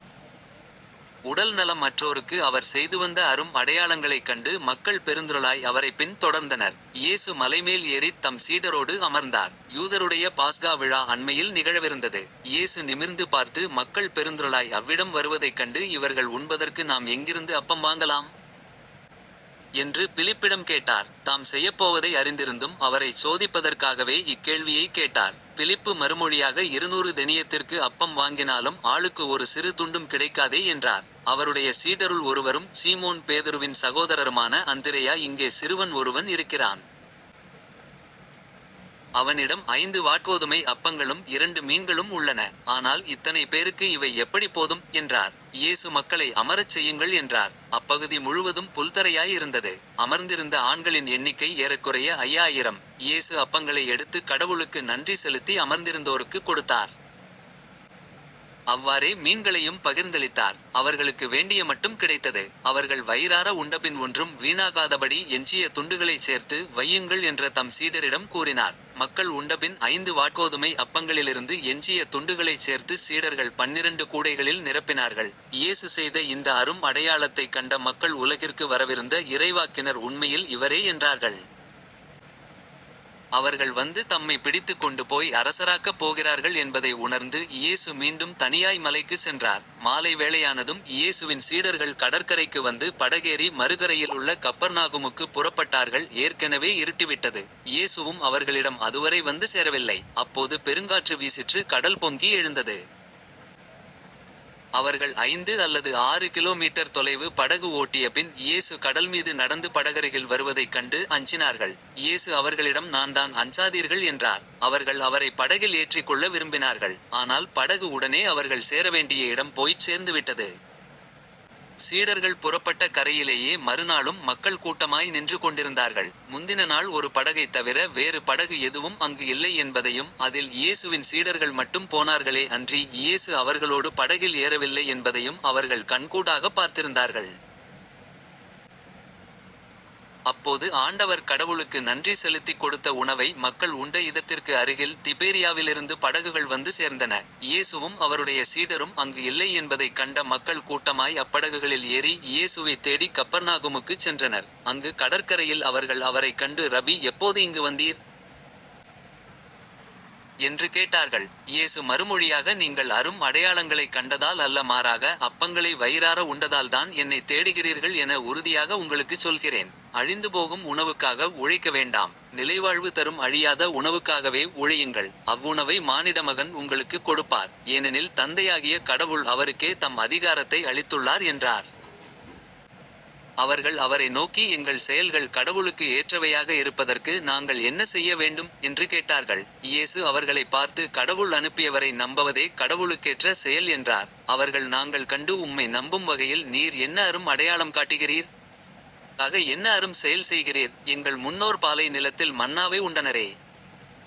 உடல் நலம் அற்றோருக்கு அவர் செய்துவந்த அரும் அடையாளங்களைக் கண்டு மக்கள் பெருந்திரளாய் அவரைப் பின் தொடர்ந்தனர். இயேசு மலைமேல் ஏறித் தம் சீடரோடு அமர்ந்தார். யூதருடைய பாஸகா விழா அண்மையில் நிகழவிருந்தது. இயேசு நிமிர்ந்து பார்த்து மக்கள் பெருந்திரளாய் அவ்விடம் வருவதைக் கண்டு இவர்கள் உண்பதற்கு நாம் எங்கிருந்து அப்பம் வாங்கலாம்? என்று பிலிப்பிடம் கேட்டார். தாம் செய்யப்போவதை அறிந்திருந்தும் அவரைச் சோதிப்பதற்காகவே இக்கேள்வியைக் கேட்டார். பிலிப்பு மறுமொழியாக இருநூறு தெனியத்திற்கு அப்பம் வாங்கினாலும் ஆளுக்கு ஒரு சிறு துண்டும் கிடைக்காதே என்றார். அவருடைய சீடருள் ஒருவரும் சீமோன் பேதுருவின் சகோதரருமான அந்திரேயா இங்கே சிறுவன் ஒருவன் இருக்கிறான். அவனிடம் ஐந்து வாற்கோதுமை அப்பங்களும் இரண்டு மீன்களும் உள்ளன. ஆனால் இத்தனை பேருக்கு இவை எப்படிப் போதும்? என்றார். இயேசு மக்களை அமரச் செய்யுங்கள் என்றார். அப்பகுதி முழுவதும் புல்தரையாய் இருந்தது. அமர்ந்திருந்த ஆண்களின் எண்ணிக்கை ஏறக்குறைய ஐயாயிரம். இயேசு அப்பங்களை எடுத்துக் கடவுளுக்கு நன்றி செலுத்தி அமர்ந்திருந்தோருக்குக் கொடுத்தார். அவ்வாறே மீன்களையும் பகிர்ந்தளித்தார். அவர்களுக்கு வேண்டிய மட்டும் கிடைத்தது. அவர்கள் வயிறார உண்டபின் ஒன்றும் வீணாகாதபடி எஞ்சிய துண்டுகளைச் சேர்த்து வையுங்கள் என்ற தம் சீடரிடம் கூறினார். மக்கள் உண்டபின் ஐந்து வாற்கோதுமை அப்பங்களிலிருந்து எஞ்சிய துண்டுகளைச் சேர்த்துச் சீடர்கள் பன்னிரண்டு கூடைகளில் நிரப்பினார்கள். இயேசு செய்த இந்த அரும் அடையாளத்தைக் கண்ட மக்கள் உலகிற்கு வரவிருந்த இறைவாக்கினர் உண்மையில் இவரே என்றார்கள். அவர்கள் வந்து தம்மைப் பிடித்துக் கொண்டுபோய் அரசராக்கப் போகிறார்கள் என்பதை உணர்ந்து இயேசு மீண்டும் தனியாய் மலைக்குச் சென்றார். மாலை வேளையானதும் இயேசுவின் சீடர்கள் கடற்கரைக்கு வந்து படகேறி மறுகரையிலுள்ள கப்பர்நாகுமுக்குப் புறப்பட்டார்கள் ஏற்கெனவே இருட்டிவிட்டது. இயேசுவும் அவர்களிடம் அதுவரை வந்து சேரவில்லை. அப்போது பெருங்காற்று வீசிற்று கடல் பொங்கி எழுந்தது. அவர்கள் ஐந்து அல்லது ஆறு கிலோ மீட்டர் தொலைவு படகு ஓட்டியபின் இயேசு கடல்மீது நடந்து படகருகில் வருவதைக் கண்டு அஞ்சினார்கள். இயேசு அவர்களிடம் நான்தான் அஞ்சாதீர்கள் என்றார். அவர்கள் அவரைப் படகில் ஏற்றிக் கொள்ள விரும்பினார்கள். ஆனால் படகு உடனே அவர்கள் சேரவேண்டிய இடம் போய்ச் சேர்ந்துவிட்டது. சீடர்கள் புறப்பட்ட கரையிலேயே மறுநாளும் மக்கள் கூட்டமாய் நின்று கொண்டிருந்தார்கள். முந்தின நாள் ஒரு படகைத் தவிர வேறு படகு எதுவும் அங்கு இல்லை என்பதையும் அதில் இயேசுவின் சீடர்கள் மட்டும் போனார்களே அன்றி இயேசு அவர்களோடு படகில் ஏறவில்லை என்பதையும் அவர்கள் கண்கூடாகப் பார்த்திருந்தார்கள். அப்போது ஆண்டவர் கடவுளுக்கு நன்றி செலுத்திக் கொடுத்த உணவை மக்கள் உண்ட இடத்திற்கு அருகில் திபேரியாவிலிருந்து படகுகள் வந்து சேர்ந்தன. இயேசுவும் அவருடைய சீடரும் அங்கு இல்லை என்பதைக் கண்ட மக்கள் கூட்டமாய் அப்படகுகளில் ஏறி இயேசுவைத் தேடிக் கப்பர்நாகுமுக்குச் சென்றனர். அங்கு கடற்கரையில் அவர்கள் அவரைக் கண்டு ரபி எப்போது இங்கு வந்தீர்? என்று கேட்டார்கள். இயேசு மறுமொழியாக நீங்கள் அரும் அடையாளங்களைக் கண்டதால் அல்ல மாறாக அப்பங்களை வயிறார உண்டதால்தான் என்னைத் தேடுகிறீர்கள் என உறுதியாக உங்களுக்குச் சொல்கிறேன். அழிந்துபோகும் உணவுக்காக உழைக்க வேண்டாம். நிலைவாழ்வு தரும் அழியாத உணவுக்காகவே உழையுங்கள். அவ்வுணவை மானிடமகன் உங்களுக்குக் கொடுப்பார். ஏனெனில் தந்தையாகிய கடவுள் அவருக்கே தம் அதிகாரத்தை அளித்துள்ளார் என்றார். அவர்கள் அவரை நோக்கி எங்கள் செயல்கள் கடவுளுக்கு ஏற்றவையாக இருப்பதற்கு நாங்கள் என்ன செய்ய வேண்டும்? என்று கேட்டார்கள். இயேசு அவர்களைப் பார்த்து கடவுள் அனுப்பியவரை நம்பவதே கடவுளுக்கேற்ற செயல் என்றார். அவர்கள் நாங்கள் கண்டு உம்மை நம்பும் வகையில் நீர் என்ன அரும் அடையாளம் காட்டுகிறீர்? அதற்காக என்ன அரும் செயல் செய்கிறீர்? எங்கள் முன்னோர் பாலை நிலத்தில் மன்னாவை உண்டனரே.